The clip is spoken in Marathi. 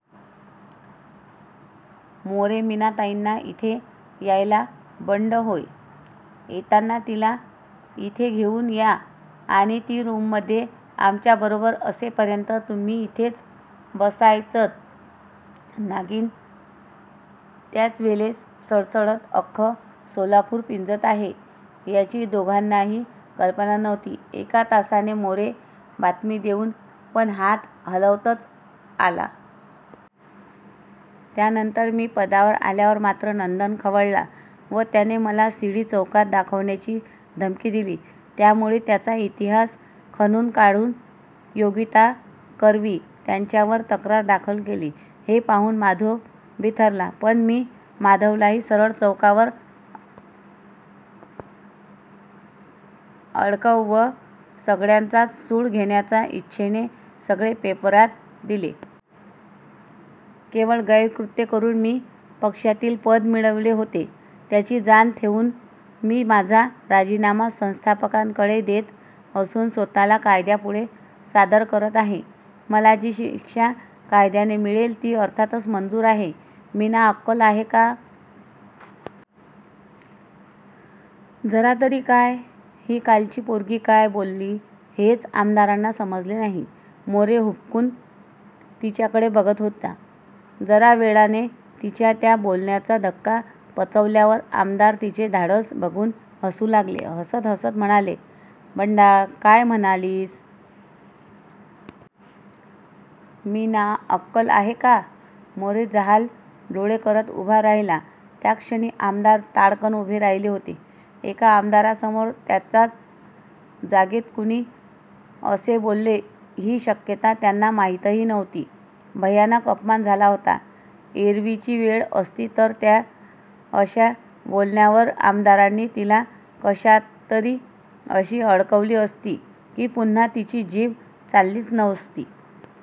मोरे मीनाताईंना... इथे यायला.. बंड होय! येताना तिला इथे घेऊन या आणि ती रूममधे आमच्याबरोबर असेपर्यंत तुम्ही इथेच बसायचंत! नागीण त्याचवेलेस सळसळत अख्खं सोलापूर पिंजत आहे याची दोघांनाही कल्पना नव्हती. एक तासाने मोरे बातमी देऊन, पण हात हलवतच आला. त्यानंतर मी पदावर आल्यावर मात्र नंदन खवळला व त्याने मला सी. डी. चौकीत दाखवण्याची धमकी दिली. त्यामुळे मी त्याचा इतिहास खणून काढून योगिताकरवी त्याच्यावर तक्रार दाखल केली. हे पाहून माधव बिथरला. पण मी माधवलाही सरळ चौकीवर अडकव व सगळ्यांचाच सूड घेण्याच्या इच्छेने सगळे पेपरात दिले. केवळ गैरकृत्ये करून मी पक्षातील पद मिळवले होते. याची जाण ठेवून मी माझा राजीनामा संस्थापकांकडे देत असून स्वत:ला कायद्यापुढे सादर करत आहे. मला जी शिक्षा कायद्याने मिळेल ती अर्थातच मंजूर आहे. मीना अक्कल आहे का? जरा तरी, काय? ही कालची पोरगी काय बोलली हेच आमदारांना समजले नाही. मोरे हबकून तिच्याकडे बघत होता. जरावेळाने तिच्या त्या बोलण्याचा धक्का पचवल्यावर आमदार तिचे धाडस बघून हसू लागले. हसत हसत म्हणाले: बंडा काय म्हणलीस? मीना अक्कल!.आहे का? मोरे जहाल डोळे करत उभा राहिला त्याचक्षणी आमदार ताडकन उभे राहिले होते. एका आमदारासमोर त्याच्याच जागेत कुणी असे बोलेल ही शक्यता त्यांना माहीतही नव्हती. भयानक अपमान झाला होता. एरवीची वेळ असती तर या अशा बोलण्यावर आमदारांनी तिला कशाततरी अशी अडकवली असती की पुन्हा तिची जीभ चाललीच नसती.